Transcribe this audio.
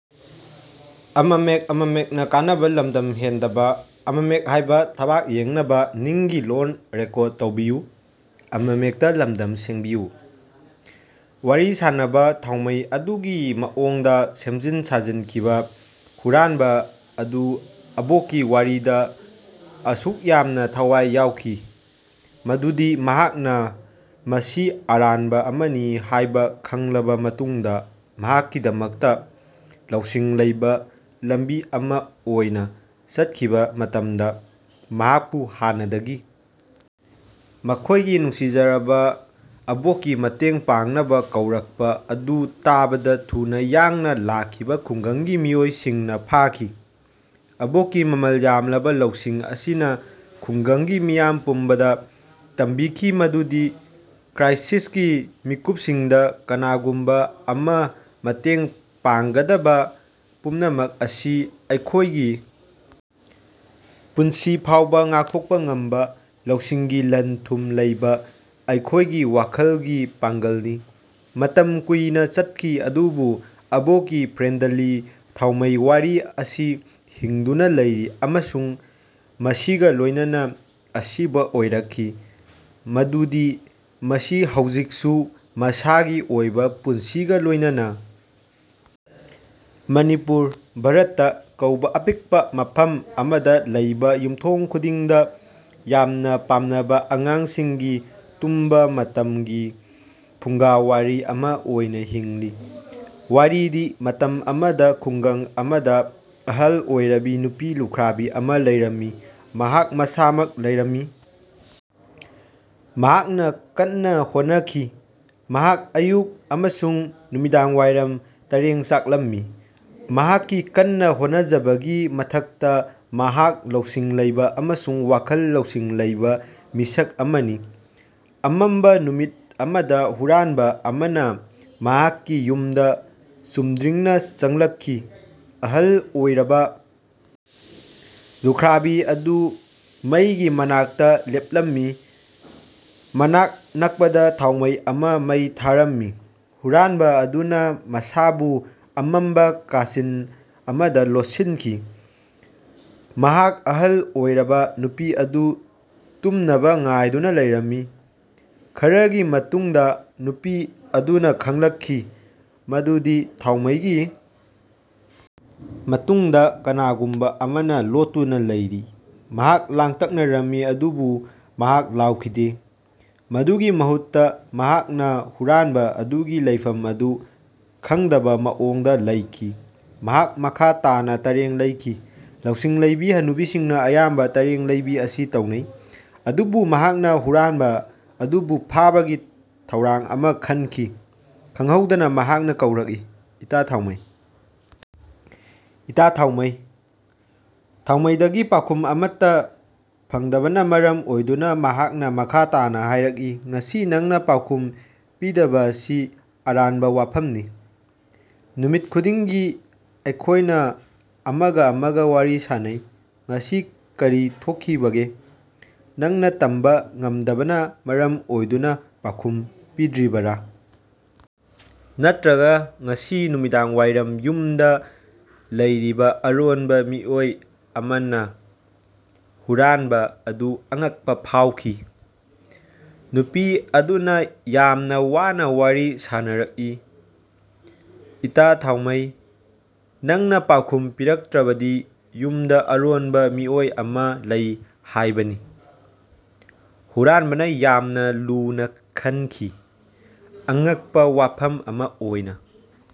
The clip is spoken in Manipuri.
ꯋꯥꯔꯤ ꯁꯥꯅꯕꯥ ꯊꯥꯎꯃꯩ ꯑꯗꯨꯒꯤ ꯃꯑꯣꯡꯗꯥ ꯁꯦꯝꯖꯤꯟ ꯁꯥꯖꯤꯟꯈꯤꯕꯥ ꯍꯨꯔꯥꯟꯕꯥ ꯑꯗꯨ ꯑꯕꯣꯛꯀꯤ ꯋꯥꯔꯤꯗꯥ ꯑꯁꯨꯛ ꯌꯥꯝꯅꯥ ꯊꯋꯥꯢ ꯌꯥꯎꯈꯤ ꯃꯗꯨꯗꯤ ꯃꯍꯥꯛꯅꯥ ꯃꯁꯤ ꯑꯔꯥꯟꯕꯥ ꯑꯃꯅꯤ ꯍꯥꯢꯕꯥ ꯈꯪꯂꯕꯥ ꯃꯇꯨꯡꯗꯥ ꯃꯍꯥꯛꯀꯤꯗꯃꯛꯇꯥ ꯂꯧꯁꯤꯡ ꯂꯩꯕꯥ ꯂꯝꯕꯤ ꯑꯃꯥ ꯑꯣꯏꯅꯥ ꯆꯠꯈꯤꯕꯥ ꯃꯇꯝꯗꯥ, ꯃꯍꯥꯛꯄꯨ ꯍꯥꯟꯅꯗꯒꯤ ꯃꯈꯣꯢꯒꯤ ꯅꯨꯡꯁꯤꯖꯔꯕꯥ ꯑꯕꯣꯛꯀꯤ ꯃꯇꯦꯡ ꯄꯥꯡꯅꯕꯥ ꯀꯧꯔꯛꯄꯥ ꯑꯗꯨ ꯇꯥꯕꯗꯥ ꯊꯨꯅꯥ ꯌꯥꯡꯅꯥ ꯂꯥꯛꯈꯤꯕꯥ ꯈꯨꯡꯒꯪꯒꯤ ꯃꯤꯑꯣꯏꯁꯤꯡꯅꯥ ꯐꯥꯈꯤ꯫ ꯑꯕꯣꯛꯀꯤ ꯃꯃꯜ ꯌꯥꯝꯂꯕꯥ ꯂꯧꯁꯤꯡ ꯑꯁꯤꯅꯥ ꯈꯨꯡꯒꯪꯒꯤ ꯃꯤꯌꯥꯝ ꯄꯨꯝꯕꯗꯥ ꯇꯝꯕꯤꯈꯤ ꯃꯗꯨꯗꯤ ꯀ꯭ꯔꯥꯢꯁꯤꯁꯀꯤ ꯃꯤꯀꯨꯞꯁꯤꯡꯗꯥ ꯀꯅꯥꯒꯨꯝꯕꯥ ꯑꯃꯅꯥ ꯃꯇꯦꯡ ꯄꯥꯡꯒꯗꯕꯥ ꯄꯨꯝꯅꯃꯛ ꯑꯁꯤ ꯑꯩꯈꯣꯢꯒꯤ ꯄꯨꯟꯁꯤ ꯐꯥꯎꯕꯥ ꯉꯥꯛꯊꯣꯛꯄꯥ ꯉꯝꯕꯥ ꯂꯧꯁꯤꯡꯒꯤ ꯂꯟ-ꯊꯨꯝ ꯂꯩꯕꯥ ꯑꯩꯈꯣꯢꯒꯤ ꯋꯥꯈꯜꯒꯤ ꯄꯥꯡꯒꯜꯅꯤ꯫ ꯃꯇꯝ ꯀꯨꯏꯅꯥ ꯆꯠꯈꯤ ꯑꯗꯨꯕꯨ ꯑꯕꯣꯛꯀꯤ ꯐ꯭ꯔꯦꯟꯗꯂꯤ ꯊꯥꯎꯃꯩ ꯋꯥꯔꯤ ꯑꯁꯤ ꯍꯤꯡꯗꯨꯅꯥ ꯂꯩꯔꯤ ꯑꯃꯁꯨꯡ ꯃꯁꯤꯒꯥ ꯂꯣꯢꯅꯅꯥ ꯑꯁꯤꯕꯥ ꯑꯣꯏꯔꯛꯈꯤ ꯃꯗꯨꯗꯤ ꯃꯁꯤ ꯍꯧꯖꯤꯛꯁꯨ ꯃꯁꯥꯒꯤ ꯑꯣꯏꯕꯥ ꯄꯨꯟꯁꯤꯒꯥ ꯂꯣꯢꯅꯅꯥ ꯃꯅꯤꯄꯨꯔ (ꯚꯥꯔꯠꯇꯥ) ꯀꯧꯕꯥ ꯑꯄꯤꯛꯄꯥ ꯃꯐꯝ ꯑꯃꯗꯥ ꯂꯩꯕꯥ ꯌꯨꯝꯊꯣꯡ ꯈꯨꯗꯤꯡꯗꯥ ꯌꯥꯝꯅꯥ ꯄꯥꯝꯅꯕꯥ ꯑꯉꯥꯡꯁꯤꯡꯒꯤ ꯇꯨꯝꯕꯥ ꯃꯇꯝꯒꯤ ꯐꯨꯡꯒꯥ ꯋꯥꯔꯤ ꯑꯃꯥ ꯑꯣꯏꯅꯥ ꯍꯤꯡꯂꯤ꯫ ꯋꯥꯔꯤꯗꯤ, ꯃꯇꯝ ꯑꯃꯗ ꯈꯨꯡꯒꯪ ꯑꯃꯗ ꯑꯍꯜ ꯑꯣꯏꯔꯕꯤ ꯅꯨꯄꯤ ꯂꯨꯈ꯭ꯔꯥꯕꯤ ꯑꯃ ꯂꯩꯔꯝꯃꯤ꯫ ꯃꯍꯥꯛ ꯃꯁꯥꯃꯛ ꯂꯩꯔꯝꯃꯤ꯫ ꯃꯍꯥꯛꯅꯥ ꯀꯟꯅ ꯍꯣꯠꯅꯈꯤ꯫ ꯃꯍꯥꯛ ꯑꯌꯨꯛ ꯑꯃꯁꯨꯡ ꯅꯨꯃꯤꯗꯥꯡꯋꯥꯏꯔꯝꯗ ꯇꯔꯦꯡ ꯆꯥꯛꯂꯝꯃꯤ꯫ ꯃꯍꯥꯛꯀꯤ ꯀꯟꯅꯥ ꯍꯣꯠꯅꯖꯕꯒꯤ ꯃꯊꯛꯇꯥ ꯃꯍꯥꯛ ꯂꯧꯁꯤꯡ ꯂꯩꯕꯥ ꯑꯃꯁꯨꯡ ꯋꯥꯈꯜ ꯂꯧꯁꯤꯡ ꯂꯩꯕꯥ ꯃꯤꯁꯛ ꯑꯃꯅꯤ꯫ ꯑꯃꯝꯕꯥ ꯅꯨꯃꯤꯠ ꯑꯃꯗꯥ ꯍꯨꯔꯥꯟꯕꯥ ꯑꯃꯅꯥ ꯃꯍꯥꯛꯀꯤ ꯌꯨꯝꯗꯥ ꯆꯨꯝꯗ꯭ꯔꯤꯡꯅꯥ ꯆꯪꯂꯛꯈꯤ꯫ ꯑꯍꯜ ꯑꯣꯏꯔꯕꯥ ꯂꯨꯈ꯭ꯥꯔꯕꯤ ꯑꯗꯨ ꯃꯩꯒꯤ ꯃꯅꯥꯛꯇꯥ ꯂꯦꯞꯂꯝꯃꯤ꯫ ꯃꯅꯥꯛ ꯅꯛꯄꯗꯥ ꯊꯥꯎꯃꯩ ꯑꯃꯥ ꯃꯩ ꯊꯥꯔꯝꯃꯤ꯫ ꯍꯨꯔꯥꯟꯕꯥ ꯑꯗꯨꯅꯥ ꯃꯁꯥꯕꯨ ꯑꯃꯝꯕꯥ ꯀꯥꯁꯤꯟ ꯑꯃꯗꯥ ꯂꯣꯠꯁꯤꯟꯈꯤ꯫ ꯃꯍꯥꯛ ꯑꯍꯜ ꯑꯣꯏꯔꯕꯥ ꯅꯨꯄꯤ ꯑꯗꯨ ꯇꯨꯝꯅꯕꯥ ꯉꯥꯏꯗꯨꯅꯥ ꯂꯩꯔꯝꯃꯤ꯫ ꯈꯔꯥꯒꯤ ꯇꯨꯡꯗꯥ ꯅꯨꯄꯤ ꯑꯗꯨꯅꯥ ꯈꯪꯂꯛꯈꯤ ꯃꯗꯨꯗꯤ ꯊꯥꯎꯃꯩꯒꯤ ꯃꯇꯨꯡꯗꯥ ꯀꯅꯥꯒꯨꯝꯕꯥ ꯑꯃꯅꯥ ꯂꯣꯠꯇꯨꯅꯥ ꯂꯩꯔꯤ꯫ ꯃꯍꯥꯛ ꯂꯥꯡꯇꯛꯅꯔꯝꯃꯤ ꯑꯗꯨꯕꯨ ꯃꯍꯥꯛ ꯂꯥꯎꯈꯤꯗꯦ꯫ ꯃꯗꯨꯒꯤ ꯃꯍꯨꯠꯇꯥ, ꯃꯍꯥꯛꯅꯥ ꯍꯨꯔꯥꯟꯕꯥ ꯑꯗꯨꯒꯤ ꯂꯩꯐꯝ ꯑꯗꯨ ꯈꯪꯗꯕꯥ ꯃꯑꯣꯡꯗꯥ ꯂꯩꯈꯤ꯫ ꯃꯍꯥꯛ ꯃꯈꯥ ꯇꯥꯅꯥ ꯇꯔꯦꯡ ꯂꯩꯈꯤ꯫ ꯂꯧꯁꯤꯡ ꯂꯩꯕꯤ ꯍꯅꯨꯕꯤꯁꯤꯡꯅ ꯑꯌꯥꯝꯕ ꯇꯔꯦꯡ ꯂꯩꯕꯤ ꯑꯁꯤ ꯇꯧꯅꯩ꯫ ꯑꯗꯨꯕꯨ ꯃꯍꯥꯛꯅꯥ ꯍꯨꯔꯥꯟꯕꯥ ꯑꯗꯨꯕꯨ ꯐꯥꯕꯒꯤ ꯊꯧꯔꯥꯡ ꯑꯃꯥ ꯈꯟꯈꯤ꯫ ꯈꯪꯍꯧꯗꯅꯥ ꯃꯍꯥꯛꯅꯥ ꯀꯧꯔꯛꯏ, "ꯏꯇꯥ-ꯊꯥꯎꯃꯩ! ꯏꯇꯥ-ꯊꯥꯎꯃꯩ!" ꯊꯥꯎꯃꯩꯗꯒꯤ ꯄꯥꯎꯈꯨꯝ ꯑꯃꯠꯇꯥ ꯐꯪꯗꯕꯅꯥ ꯃꯔꯝ ꯑꯣꯏꯗꯨꯅꯥ ꯃꯍꯥꯛꯅꯥ ꯃꯈꯥ ꯇꯥꯅꯥ ꯍꯥꯢꯔꯛꯏ, "ꯉꯁꯤ ꯅꯪꯅꯥ ꯄꯥꯎꯈꯨꯝ ꯄꯤꯗꯕꯥ ꯑꯁꯤ ꯑꯔꯥꯟꯕꯥ ꯋꯥꯐꯝꯅꯤ꯫ ꯅꯨꯃꯤꯠ ꯈꯨꯗꯤꯡꯒꯤ ꯑꯩꯈꯣꯢꯅꯥ ꯑꯃꯒꯥ ꯑꯃꯒꯥ ꯋꯥꯔꯤ ꯁꯥꯅꯩ꯫ ꯉꯁꯤ ꯀꯔꯤ ꯊꯣꯛꯈꯤꯕꯒꯦ? ꯅꯪꯅꯥ ꯇꯝꯕꯥ ꯉꯝꯗꯕꯅꯥ ꯃꯔꯝ ꯑꯣꯏꯗꯨꯅꯥ ꯄꯥꯎꯈꯨꯝ ꯄꯤꯗ꯭ꯔꯤꯕꯔꯥ? ꯅꯠꯔꯒ ꯉꯁꯤ ꯅꯨꯃꯤꯗꯥꯡꯋꯥꯏꯔꯝ ꯌꯨꯝꯗꯥ ꯂꯩꯔꯤꯕꯥ ꯑꯔꯣꯟꯕ ꯃꯤꯑꯣꯏ ꯑꯃꯥꯅ? ꯍꯨꯔꯥꯟꯕꯥ ꯑꯗꯨ ꯑꯉꯛꯄꯥ ꯐꯥꯎꯈꯤ꯫ ꯅꯨꯄꯤ ꯑꯗꯨꯅꯥ ꯌꯥꯝꯅꯥ ꯋꯥꯅꯥ ꯋꯥꯔꯤ ꯁꯥꯅꯔꯛꯏ, "ꯏꯇꯥ-ꯊꯥꯎꯃꯩ, ꯅꯪꯅꯥ ꯄꯥꯎꯈꯨꯝ ꯄꯤꯔꯛꯇ꯭ꯔꯕꯗꯤ ꯌꯨꯝꯗꯥ ꯑꯔꯣꯟꯕꯥ ꯃꯤꯑꯣꯏ ꯑꯃꯥ ꯂꯩ ꯍꯥꯢꯕꯅꯤ꯫ ꯍꯨꯔꯥꯟꯕꯅꯥ ꯌꯥꯝꯅꯥ ꯂꯨꯅꯥ ꯈꯪꯈꯤ, "ꯑꯉꯛꯄꯥ ꯋꯥꯐꯝ ꯑꯃꯥ ꯑꯣꯢꯅ"꯫